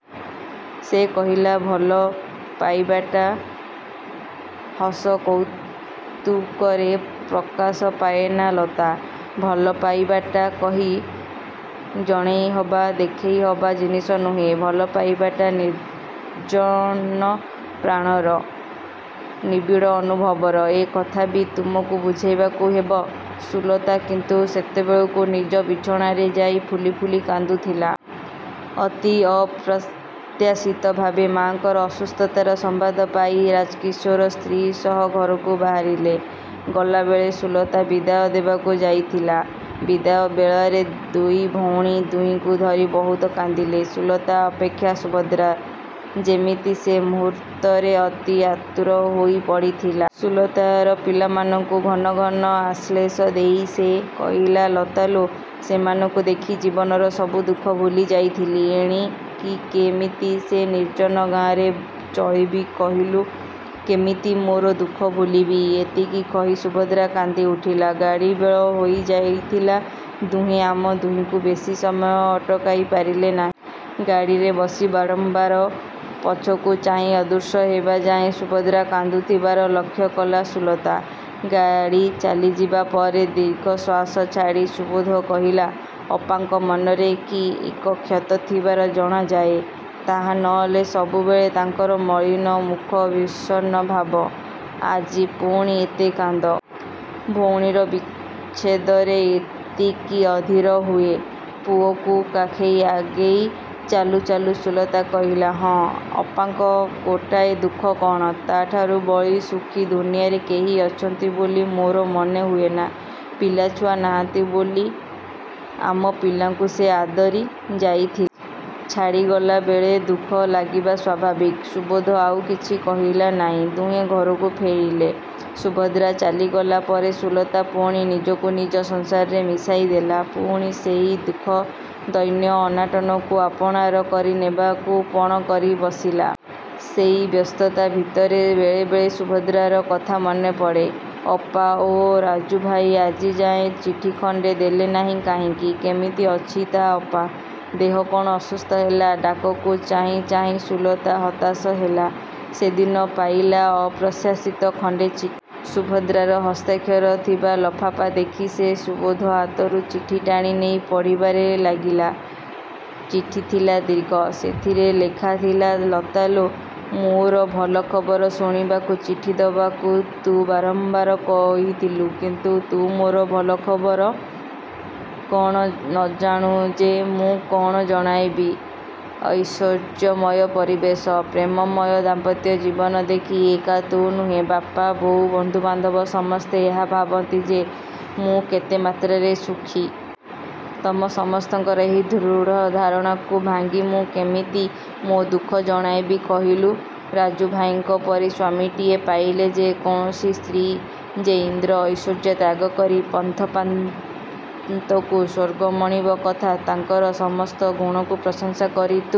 ସେ କହିଲା, ଭଲ ପାଇବାଟା ହସ କୌତୁକରେ ପ୍ରକାଶ ପାଏନା ଲତା! ଭଲପାଇବାଟା କହି ଜଣେଇହବା, ଦେଖେଇହବା ଜିନିଷ ନୁହେଁ। ଭଲପାଇବାଟା ନିର୍ଜନ ପ୍ରାଣର, ନିବିଡ଼ ଅନୁଭବର। ଏ କଥା ବି ତମକୁ ବୁଝେଇବାକୁ ହେବ। ସୁଲତା କିନ୍ତୁ ସେତେବେଳେକୁ ନିଜ ବିଛଣାରେ ଯାଇ ଫୁଲି ଫୁଲି କାନ୍ଦୁଥିଲା। ଅତି ଅପ୍ରତ୍ୟାଶିତ ଭାବେ ମା'ଙ୍କର ଅସୁସ୍ଥତାର ସମ୍ବାଦ ପାଇ ରାଜକିଶୋର ସ୍ତ୍ରୀ ସହ ଘରକୁ ବାହାରିଲେ। ଗଲାବେଳେ ସୁଲତା ବିଦାୟ ଦେବାକୁ ଯାଇଥିଲା। ବିଦାୟ ବେଳାରେ ଦୁଇ ଭଉଣୀ ଦୁହିଁଙ୍କୁ ଧରି ବହୁତ କାନ୍ଦିଲେ। ସୁଲତା ଅପେକ୍ଷା ସୁଭଦ୍ରା। ଯେମିତି ସେ ମୁହୂର୍ତ୍ତରେ ଅତି ଆତୁର ହୋଇ ପଡ଼ିଥିଲା। ସୁଲତାର ପିଲାମାନଙ୍କୁ ଘନଘନ ଆଶ୍ଲେଷ ଦେଇ ସେ କହିଲା, ଲତା ଲୋ, ସେମାନଙ୍କୁ ଦେଖି ଜୀବନର ସବୁ ଦୁଃଖ ଭୁଲି ଯାଇଥିଲି। ଏଣିକି କେମିତି ସେ ନିର୍ଜନ ଗାଁରେ ଚଳିବି କହିଲୁ? କେମିତି ମୋର ଦୁଃଖ ଭୁଲିବି? ଏତିକି କହି ସୁଭଦ୍ରା କାନ୍ଦି ଉଠିଲା। ଗାଡ଼ି ବେଳ ହୋଇ ଯାଇଥିଲା-ଦୁହେଁ ଆଉ ଦୁହିଁଙ୍କୁ ବେଶୀ ସମୟ ଅଟକାଇ ପାରିଲେ ନାହିଁ। ଗାଡ଼ିରେ ବସି ବାରମ୍ବାର ପଛକୁ ଚାହିଁ ଅଦୃଶ୍ୟ ହେବାଯାଏ ସୁଭଦ୍ରା କାନ୍ଦୁଥିବାର ଲକ୍ଷ୍ୟକଲା ସୁଲତା-। ଗାଡ଼ି ଚାଲିଯିବା ପରେ ଦୀର୍ଘଶ୍ୱାସ ଛାଡ଼ି ସୁବୋଧ କହିଲା-ଅପାଙ୍କ ମନରେ କି ଏକ କ୍ଷତ ଥିବାର ଜଣାଯାଏ। ତା' ନହେଲେ ସବୁବେଳେ ତାଙ୍କର ମଳିନ ମୁଖ, ବିଷର୍ଣ୍ଣ ଭାବ। ଆଜି ପୁଣି ଏତେ କାନ୍ଦ। ଭଉଣୀର ବିଚ୍ଛେଦରେ ଏତିକି ଅଧୀର ହୁଏ? ପୁଅକୁ କାଖେଇ ଆଗେଇ ଚାଲୁ ଚାଲୁ ସୁଲତା କହିଲା-ଅଃ, ଅପାଙ୍କ ଗୋଟାଏ ଦୁଃଖ କ'ଣ? ତା' ଠାରୁ ବଳି ସୁଖୀ ଦୁନିଆରେ କେହି ଅଛନ୍ତି ବୋଲି ମୋର ମନେ ହୁଏନା। ପିଲାଛୁଆ ନାହାନ୍ତି ବୋଲି ଆମ ପିଲାଙ୍କୁ ସେ ଆଦରି ଯାଇଥିଲା। ଛାଡ଼ିଗଲା ବେଳେ ଦୁଃଖ ଲାଗିବା ସ୍ଵାଭାବିକ। ସୁବୋଧ ଆଉ କିଛି କହିଲା ନାଇଁ। ଦୁହେଁ ଘରକୁ ଫେରିଲେ। ସୁଭଦ୍ରା ଚାଲିଗଲା ପରେ ସୁଲତା ପୁଣି ନିଜକୁ ନିଜ ସଂସାରରେ ମିଶାଇ ଦେଲା। ପୁଣି ସେହି ଦୁଃଖ ଦୈନ୍ୟ, ଅନାଟନକୁ ଆପଣାର କରି ନେବାକୁ ପଣ କରି ବସିଲା। ସେଇ ବ୍ୟସ୍ତତା ଭିତରେ ବେଳେବେଳେ ସୁଭଦ୍ରାର କଥା ମନେ ପଡ଼େ। ଅପା ଓ ରାଜୁଭାଇ ଆଜିଯାଏଁ ଚିଠି ଖଣ୍ଡେ ଦେଲେ ନାହିଁ କାହିଁକି? କେମିତି ଅଛି ତା' ଅପା? ଦେହ କ'ଣ ଅସୁସ୍ଥ ହେଲା? ଡାକକୁ ଚାହିଁ ଚାହିଁ ସୁଲତା ହତାଶ ହେଲା। ସେଦିନ ପାଇଲା ଅପ୍ରତ୍ୟାଶିତ ଖଣ୍ଡେ ଚିଠି। ସୁଭଦ୍ରାର ହସ୍ତାକ୍ଷର ଥିବା ଲଫାପା ଦେଖି ସେ ସୁବୋଧ ହାତରୁ ଚିଠି ଟାଣି ନେଇ ପଢ଼ିବାରେ ଲାଗିଲା। ଚିଠି ଥିଲା ଦୀର୍ଘ। ସେଥିରେ ଲେଖା ଥିଲା-. ଲତା ଲୋ, ମୋର ଭଲ ଖବର ଶୁଣିବାକୁ ଚିଠି ଦବାକୁ ତୁ ବାରମ୍ବାର କହିଥିଲୁ କିନ୍ତୁ ତୁ ମୋର ଭଲ ଖବର କ'ଣ ନଜାଣୁ ଯେ ମୁଁ କ'ଣ ଜଣାଇବି ଐଶ୍ୱର୍ଯ୍ୟମୟ ପରିବେଶ, ପ୍ରେମମୟ ଦାମ୍ପତ୍ୟ ଜୀବନ ଦେଖି ଏକା ତୁ ନୁହେଁ, ବାପା, ବୋଉ, ବନ୍ଧୁବାନ୍ଧବ ସମସ୍ତେ ଏହା ଭାବନ୍ତି ଯେ ମୁଁ କେତେ ମାତ୍ରାରେ ସୁଖୀ। ତମ ସମସ୍ତଙ୍କର ଏହି ଦୃଢ଼ ଧାରଣାକୁ ଭାଙ୍ଗି ମୁଁ କେମିତି ମୋ ଦୁଃଖ ଜଣାଇବି କହିଲୁ? ରାଜୁ ଭାଇଙ୍କ ପରି ସ୍ୱାମୀଟିଏ ପାଇଲେ ଯେ କୌଣସି ସ୍ତ୍ରୀ ଯେ ଇନ୍ଦ୍ର ଐଶ୍ୱର୍ଯ୍ୟ ତ୍ୟାଗ କରି ପଥପ୍ରାନ୍ତକୁ ସ୍ୱର୍ଗ ମଣିବ କଥା ତାଙ୍କର ସମସ୍ତ ଗୁଣକୁ ପ୍ରଶଂସା କରି ତୁ